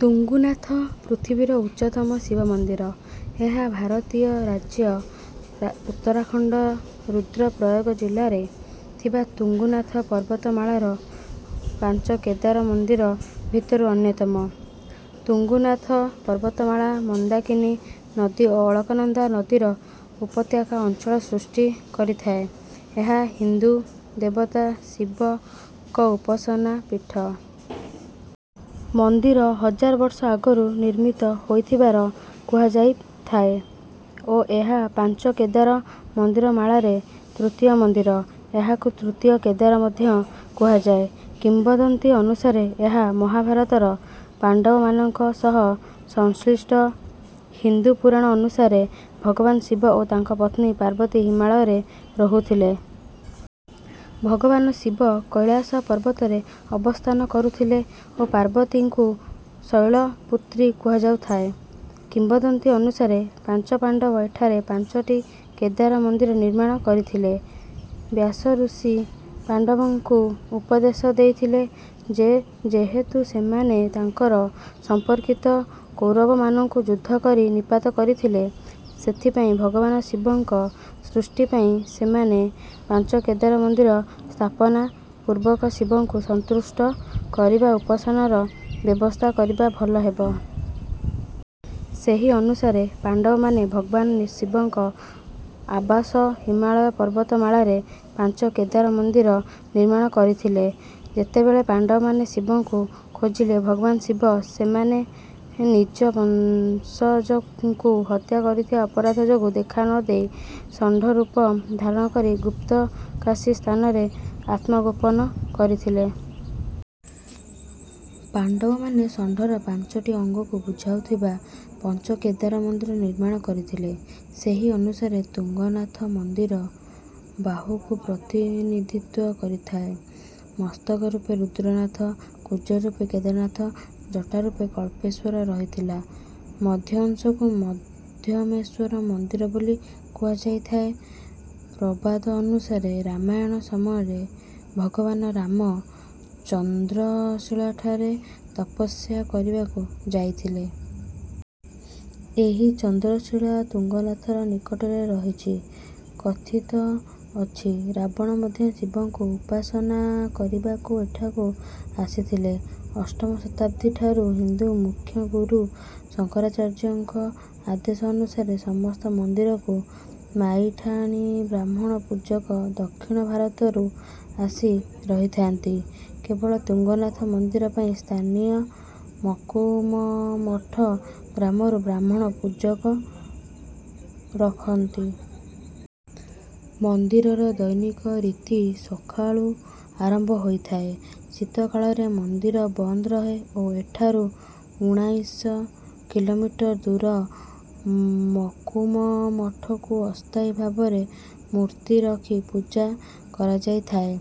ତୁଙ୍ଗନାଥ, ପୃଥିବୀର ଉଚ୍ଚତମ ଶିବ ମନ୍ଦିର। ଏହା ଭାରତୀୟ ରାଜ୍ୟ ଉତ୍ତରଖଣ୍ଡର ରୁଦ୍ରପ୍ରୟାଗ ଜିଲ୍ଲାରେ ଥିବା ତୁଙ୍ଗନାଥ ପର୍ବତମାଳାର ପାଞ୍ଚ କେଦାର ମନ୍ଦିର ଭିତରୁ ଅନ୍ୟତମ। ତୁଙ୍ଗନାଥ ପର୍ବତମାଳା ମନ୍ଦାକିନୀ ନଦୀ ଓ ଅଳକାନନ୍ଦା ନଦୀର ଉପତ୍ୟକା ଅଞ୍ଚଳ ସୃଷ୍ଟି କରିଥାଏ। ଏହା ହିନ୍ଦୁ ଦେବତା ଶିବଙ୍କ ଉପାସନା ପୀଠ। ମନ୍ଦିର ହଜାର ବର୍ଷ ଆଗରୁ ନିର୍ମିତ ହୋଇଥିବାର କୁହାଯାଇଥାଏ ଓ ଏହା ପାଞ୍ଚ କେଦାର ମନ୍ଦିରମାଳାରେ ତୃତୀୟ ମନ୍ଦିର। ଏହାକୁ ତୃତୀୟ କେଦାର ମଧ୍ୟ କୁହାଯାଏ। କିମ୍ବଦନ୍ତୀ ଅନୁସାରେ ଏହା ମହାଭାରତର ପାଣ୍ଡବମାନଙ୍କ ସହ ସଂଶ୍ଳିଷ୍ଟ। ହିନ୍ଦୁ ପୁରାଣ ଅନୁସାରେ ଭଗବାନ ଶିବ ଓ ତାଙ୍କ ପତ୍ନୀ ପାର୍ବତୀ ହିମାଳୟରେ ରହୁଥିଲେ। ଭଗବାନ ଶିବ କୈଲାସ ପର୍ବତରେ ଅବସ୍ଥାନ କରୁଥିଲେ ଓ ପାର୍ବତୀଙ୍କୁ ଶୈଳପୁତ୍ରୀ କୁହାଯାଇଥାଏ। କିମ୍ବଦନ୍ତୀ ଅନୁସାରେ ପାଞ୍ଚ ପାଣ୍ଡବ ଏଠାରେ ପାଞ୍ଚଟି କେଦାର ମନ୍ଦିର ନିର୍ମାଣ କରିଥିଲେ। ବ୍ୟାସ ଋଷି ପାଣ୍ଡବମାନଙ୍କୁ ଉପଦେଶ ଦେଇଥିଲେ ଯେ ଯେହେତୁ ସେମାନେ ତାଙ୍କର ସମ୍ପର୍କିତ କୌରବମାନଙ୍କୁ ଯୁଦ୍ଧ କରି ନିପାତ କରିଥିଲେ, ସେଥିପାଇଁ ଭଗବାନ ଶିବଙ୍କ ସନ୍ତୁଷ୍ଟି ପାଇଁ ସେମାନେ ପାଞ୍ଚ କେଦାର ମନ୍ଦିର ସ୍ଥାପନା ପୂର୍ବକ ଶିବଙ୍କୁ ସନ୍ତୁଷ୍ଟ କରିବା ଉପାସନାର ବ୍ୟବସ୍ଥା କରିବା ଭଲ ହେବ। ସେହି ଅନୁସାରେ ପାଣ୍ଡବମାନେ ଭଗବାନ ଶିବଙ୍କ ଆବାସ ହିମାଳୟ ପର୍ବତମାଳାରେ ପାଞ୍ଚ କେଦାର ମନ୍ଦିର ନିର୍ମାଣ କରିଥିଲେ। ଯେତେବେଳେ ପାଣ୍ଡବମାନେ ଶିବଙ୍କୁ ଖୋଜିଲେ, ଭଗବାନ ଶିବ ସେମାନେ ନିଜ ବଂଶଜଙ୍କୁ ହତ୍ୟା କରିଥିବା ଅପରାଧ ଯୋଗୁଁ ଦେଖା ନ ଦେଇ ଷଣ୍ଢରୂପ ଧାରଣ କରି ଗୁପ୍ତକାଶୀ ସ୍ଥାନରେ ଆତ୍ମଗୋପନ କରିଥିଲେ। ପାଣ୍ଡବମାନେ ଷଣ୍ଢର ପାଞ୍ଚଟି ଅଙ୍ଗକୁ ବୁଝାଉଥିବା ପଞ୍ଚକେଦାର ମନ୍ଦିର ନିର୍ମାଣ କରିଥିଲେ। ସେହି ଅନୁସାରେ ତୁଙ୍ଗନାଥ ମନ୍ଦିର ବାହୁକୁ ପ୍ରତିନିଧିତ୍ୱ କରିଥାଏ। ମସ୍ତକ ରୂପେ ରୁଦ୍ରନାଥ, କୁଜ ରୂପେ କେଦାରନାଥ, ଜଟା ରୂପେ କଳ୍ପେଶ୍ୱର ରହିଥିଲା। ମଧ୍ୟ ଅଂଶକୁ ମଧ୍ୟମେଶ୍ୱର ମନ୍ଦିର ବୋଲି କୁହାଯାଇଥାଏ। ପ୍ରବାଦ ଅନୁସାରେ ରାମାୟଣ ସମୟରେ ଭଗବାନ ରାମ ଚନ୍ଦ୍ରଶିଳାଠାରେ ତପସ୍ୟା କରିବାକୁ ଯାଇଥିଲେ। ଏହି ଚନ୍ଦ୍ରଶିଳା ତୁଙ୍ଗନାଥର ନିକଟରେ ରହିଛି। କଥିତ ଅଛି, ରାବଣ ମଧ୍ୟ ଶିବଙ୍କୁ ଉପାସନା କରିବାକୁ ଏଠାକୁ ଆସିଥିଲେ। ଅଷ୍ଟମ ଶତାବ୍ଦୀଠାରୁ ହିନ୍ଦୁ ମୁଖ୍ୟ ଗୁରୁ ଶଙ୍କରାଚାର୍ଯ୍ୟଙ୍କ ଆଦେଶ ଅନୁସାରେ ସମସ୍ତ ମନ୍ଦିରକୁ ମାଇଠାଣି ବ୍ରାହ୍ମଣ ପୂଜକ ଦକ୍ଷିଣ ଭାରତରୁ ଆସି ରହିଥାନ୍ତି। କେବଳ ତୁଙ୍ଗନାଥ ମନ୍ଦିର ପାଇଁ ସ୍ଥାନୀୟ ମକୁମମଠ ଗ୍ରାମରୁ ବ୍ରାହ୍ମଣ ପୂଜକ ରହନ୍ତି। ମନ୍ଦିରର ଦୈନିକ ରୀତି ସକାଳୁ ଆରମ୍ଭ ହୋଇଥାଏ। ଶୀତକାଳରେ ମନ୍ଦିର ବନ୍ଦ ରହେ ଓ ଏଠାରୁ ଉଣାଇଶ କିଲୋମିଟର ଦୂର ମକୁମମଠକୁ ଅସ୍ଥାୟୀ ଭାବରେ ମୂର୍ତ୍ତି ରଖି ପୂଜା କରାଯାଇଥାଏ।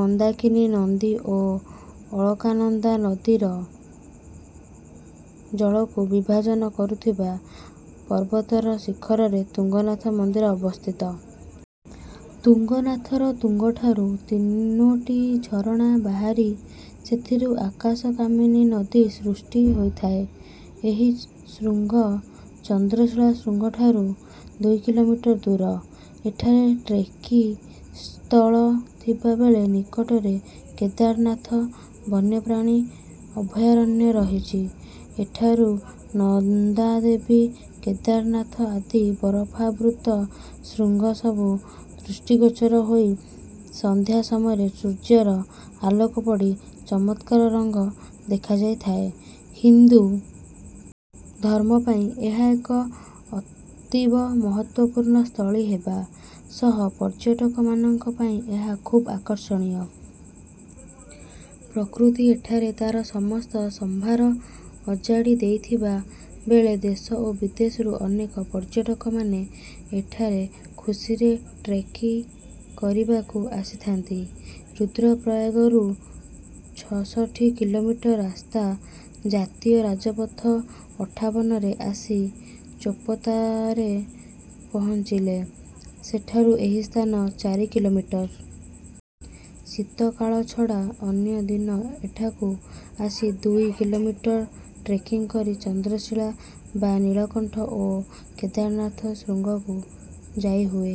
ମନ୍ଦାକିନୀ ନଦୀ ଓ ଅଳକାନନ୍ଦା ନଦୀର ଜଳକୁ ବିଭାଜନ କରୁଥିବା ପର୍ବତର ଶିଖରରେ ତୁଙ୍ଗନାଥ ମନ୍ଦିର ଅବସ୍ଥିତ। ତୁଙ୍ଗନାଥର ତୁଙ୍ଗଠାରୁ ତିନୋଟି ଝରଣା ବାହାରି ସେଥିରୁ ଆକାଶକାମିନୀ ନଦୀ ସୃଷ୍ଟି ହୋଇଥାଏ। ଏହି ଶୃଙ୍ଗ ଚନ୍ଦ୍ରଶିଳା ଶୃଙ୍ଗଠାରୁ ଦୁଇ କିଲୋମିଟର ଦୂର। ଏଠାରେ ଟ୍ରେକିଂ ସ୍ଥଳ ଥିବା ବେଳେ ନିକଟରେ କେଦାରନାଥ ବନ୍ୟପ୍ରାଣୀ ଅଭୟାରଣ୍ୟ ରହିଛି। ଏଠାରୁ ନନ୍ଦାଦେବୀ, କେଦାରନାଥ ଆଦି ବରଫାବୃତ ଶୃଙ୍ଗସବୁ ଦୃଷ୍ଟିଗୋଚର ହୋଇ ସନ୍ଧ୍ୟା ସମୟରେ ସୂର୍ଯ୍ୟର ଆଲୋକ ପଡ଼ି ଚମତ୍କାର ରଙ୍ଗ ଦେଖାଯାଇଥାଏ। ହିନ୍ଦୁ ଧର୍ମ ପାଇଁ ଏହା ଏକ ଅତୀବ ମହତ୍ତ୍ୱପୂର୍ଣ୍ଣ ସ୍ଥଳୀ ହେବା ସହ ପର୍ଯ୍ୟଟକମାନଙ୍କ ପାଇଁ ଏହା ଖୁବ୍ ଆକର୍ଷଣୀୟ। ପ୍ରକୃତି ଏଠାରେ ତାର ସମସ୍ତ ସମ୍ଭାର ଅଜାଡ଼ି ଦେଇଥିବା ବେଳେ ଦେଶ ଓ ବିଦେଶରୁ ଅନେକ ପର୍ଯ୍ୟଟକମାନେ ଏଠାରେ ଖୁସିରେ ଟ୍ରେକିଂ କରିବାକୁ ଆସିଥାନ୍ତି। ରୁଦ୍ରପ୍ରୟାଗରୁ ଛଷଠି କିଲୋମିଟର ରାସ୍ତା ଜାତୀୟ ରାଜପଥ ଅଠାବନରେ ଆସି ଚୋପତାରେ ପହଞ୍ଚିଲେ, ସେଠାରୁ ଏହି ସ୍ଥାନ ଚାରି କିଲୋମିଟର। ଶୀତକାଳ ଛଡ଼ା ଅନ୍ୟ ଦିନ ଏଠାକୁ ଆସି ଦୁଇ କିଲୋମିଟର ଟ୍ରେକିଂ କରି ଚନ୍ଦ୍ରଶିଳା ବା ନୀଳକଣ୍ଠ ଓ କେଦାରନାଥ ଶୃଙ୍ଗକୁ ଯାଇହୁଏ।